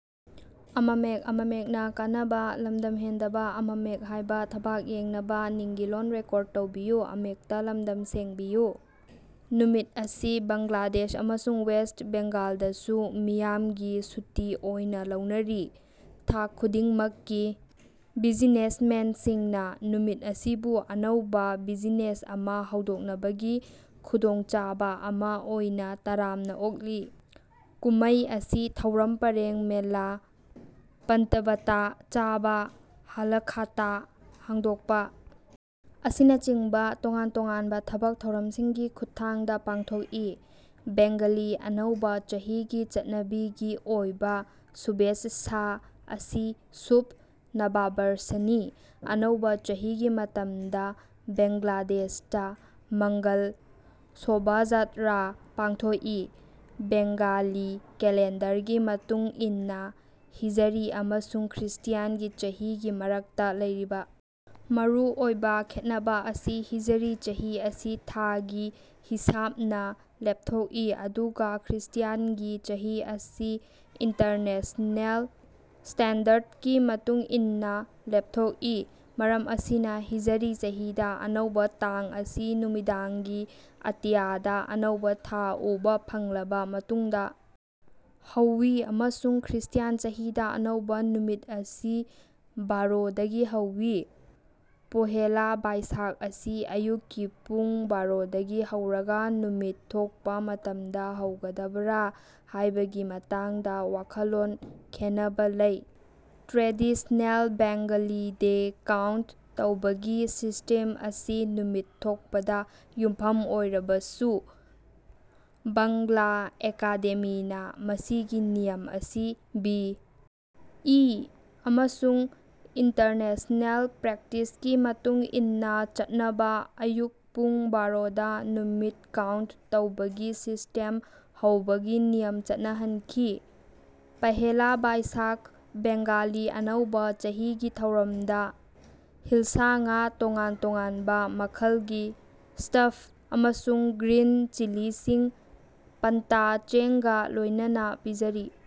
ꯅꯨꯃꯤꯠ ꯑꯁꯤ ꯕꯪꯒ꯭ꯂꯥꯗꯦꯁ ꯑꯃꯁꯨꯡ ꯋꯦꯁ꯭ꯠ ꯕꯦꯡꯒꯥꯜꯗꯁꯨ ꯃꯤꯌꯥꯝꯒꯤ ꯁꯨꯇꯤ ꯑꯣꯏꯅꯥ ꯂꯧꯅꯔꯤ꯫ ꯊꯥꯛ ꯈꯨꯗꯤꯡꯃꯛꯀꯤ ꯕꯤꯖꯤꯅꯦꯁꯃꯦꯟꯁꯤꯡꯅꯥ ꯅꯨꯃꯤꯠ ꯑꯁꯤꯕꯨ ꯑꯅꯧꯕꯥ ꯕꯤꯖꯤꯅꯦꯁ ꯑꯃꯥ ꯍꯧꯗꯣꯛꯅꯕꯒꯤ ꯈꯨꯗꯣꯡꯆꯥꯕꯥ ꯑꯃꯥ ꯑꯣꯏꯅ ꯇꯔꯥꯝꯅ ꯑꯣꯛꯂꯤ꯫ ꯀꯨꯝꯃꯩ ꯑꯁꯤ ꯊꯧꯔꯝ ꯄꯔꯦꯡ ꯃꯦꯂꯥ ꯄꯟꯇꯚꯇꯥ ꯆꯥꯕ ꯍꯥꯂꯈꯥꯇꯥ ꯍꯥꯡꯗꯣꯛꯄꯥ ꯑꯁꯤꯅꯆꯤꯡꯕꯥ ꯇꯣꯉꯥꯟ ꯇꯣꯉꯥꯟꯕꯥ ꯊꯕꯛ ꯊꯧꯔꯝꯁꯤꯡꯒꯤ ꯈꯨꯠꯊꯥꯡꯗꯥ ꯄꯥꯡꯊꯣꯛꯏ꯫ ꯕꯦꯡꯒꯂꯤ ꯑꯅꯧꯕꯥ ꯆꯍꯤꯒꯤ ꯆꯠꯅꯕꯤꯒꯤ ꯑꯣꯏꯕꯥ ꯁꯨꯚꯦꯆ꯭ꯁꯥ ꯑꯁꯤ ꯁꯨꯚ ꯅꯕꯥꯕꯔꯁꯅꯤ꯫ ꯑꯅꯧꯕ ꯆꯍꯤꯒꯤ ꯃꯇꯝꯗ ꯕꯦꯡꯒ꯭ꯂꯥꯗꯦꯁꯇꯥ ꯃꯪꯒꯜ ꯁꯣꯚꯥꯖꯥꯠꯔꯥ ꯄꯥꯡꯊꯣꯛꯏ꯫ ꯕꯦꯡꯒꯥꯂꯤ ꯀꯦꯂꯦꯟꯗꯔꯒꯤ ꯃꯇꯨꯡ ꯏꯟꯅꯥ ꯍꯤꯖꯔꯤ ꯑꯃꯁꯨꯡ ꯈ꯭ꯔ꯭ꯤꯁꯇ꯭ꯌꯥꯟꯒꯤ ꯆꯍꯤꯒꯤ ꯃꯔꯛꯇꯥ ꯂꯩꯔꯤꯕ ꯃꯔꯨ ꯑꯣꯏꯕꯥ ꯈꯦꯠꯅꯕ ꯑꯁꯤ ꯍꯤꯖꯔꯤ ꯆꯍꯤ ꯑꯁꯤ ꯊꯥꯒꯤ ꯍꯤꯁꯥꯕꯅꯥ ꯂꯦꯞꯊꯣꯛꯏ ꯑꯗꯨꯒꯥ ꯈ꯭ꯔ꯭ꯤꯁꯇ꯭ꯌꯥꯟꯒꯤ ꯆꯍꯤ ꯑꯁꯤ ꯏꯟꯇꯔꯅꯦꯁꯅꯦꯜ ꯁ꯭ꯇꯦꯟꯗꯔꯗꯀꯤ ꯃꯇꯨꯡ ꯏꯟꯅꯥ ꯂꯦꯞꯊꯣꯛꯏ꯫ ꯃꯔꯝ ꯑꯁꯤꯅꯥ ꯍꯤꯖꯔꯤ ꯆꯍꯤꯗꯥ ꯑꯅꯧꯕꯥ ꯇꯥꯡ ꯑꯁꯤ ꯅꯨꯃꯤꯗꯥꯡꯒꯤ ꯑꯇꯤꯌꯥꯗꯥ ꯑꯅꯧꯕꯥ ꯊꯥ ꯎꯕꯥ ꯐꯪꯂꯕꯥ ꯃꯇꯨꯡꯗꯥ ꯍꯧꯏ ꯑꯃꯁꯨꯡ ꯈ꯭ꯔ꯭ꯤꯁꯇ꯭ꯌꯥꯟ ꯆꯍꯤꯗꯥ ꯑꯅꯧꯕ ꯅꯨꯃꯤꯠ ꯑꯁꯤ ꯕꯥꯔꯣ ꯗꯒꯤ ꯍꯧꯏ꯫ ꯄꯣꯍꯦꯂꯥ ꯕꯥꯏꯁꯥꯈ ꯑꯁꯤ ꯑꯌꯨꯛꯀꯤ ꯄꯨꯡ ꯕꯥꯔꯣꯗꯒꯤ ꯍꯧꯔꯒꯥ ꯅꯨꯃꯤꯠ ꯊꯣꯛꯄꯥ ꯃꯇꯝꯗꯥ ꯍꯧꯒꯗꯕꯔꯥ ꯍꯥꯏꯕꯒꯤ ꯃꯇꯥꯡꯗꯥ ꯋꯥꯈꯜꯂꯣꯟ ꯈꯦꯟꯅꯕꯥ ꯂꯩ꯫ ꯇ꯭ꯔꯦꯗꯤꯁꯅꯦꯜ ꯕꯦꯡꯒꯂꯤ ꯗꯦ ꯀꯥꯎꯟꯇ ꯇꯧꯕꯒꯤ ꯁꯤꯁ꯭ꯇꯦꯝ ꯑꯁꯤ ꯅꯨꯃꯤꯠ ꯊꯣꯛꯄꯗ ꯌꯨꯝꯐꯝ ꯑꯣꯏꯔꯕꯁꯨ ꯕꯥꯡꯂꯥ ꯑꯦꯀꯥꯗꯦꯃꯤꯅꯥ ꯃꯁꯤꯒꯤ ꯅꯤꯌꯝ ꯑꯁꯤ ꯕꯤ. ꯏ. ꯑꯃꯁꯨꯡ ꯏꯟꯇꯔꯅꯦꯁꯅꯦꯜ ꯄ꯭ꯔꯦꯛꯇꯤꯁꯀꯤ ꯃꯇꯨꯡ ꯏꯟꯅꯥ ꯆꯠꯅꯕ ꯑꯌꯨꯛ ꯄꯨꯡ ꯕꯥꯔꯣꯗꯥ ꯅꯨꯃꯤꯠ ꯀꯥꯎꯟꯇ ꯇꯧꯕꯒꯤ ꯁꯤꯁ꯭ꯇꯦꯝ ꯍꯧꯕꯒꯤ ꯅꯤꯌꯝ ꯆꯠꯅꯍꯟꯈꯤ꯫ ꯄꯥꯍꯦꯂꯥ ꯕꯥꯏꯁꯥꯈ ꯕꯦꯡꯒꯥꯂꯤ ꯑꯅꯧꯕꯥ ꯆꯍꯤꯒꯤ ꯊꯧꯔꯝꯗꯥ ꯍꯤꯜꯁꯥ ꯉꯥ ꯇꯣꯉꯥꯟ ꯇꯣꯉꯥꯟꯕꯥ ꯃꯈꯜꯒꯤ ꯁ꯭ꯇꯐ ꯑꯃꯁꯨꯡ ꯒ꯭ꯔꯤꯟ ꯆꯤꯂꯤꯁꯤꯡ ꯄꯟꯇꯥ ꯆꯦꯡꯒꯥ ꯂꯣꯏꯅꯅꯥ ꯄꯤꯖꯔꯤ꯫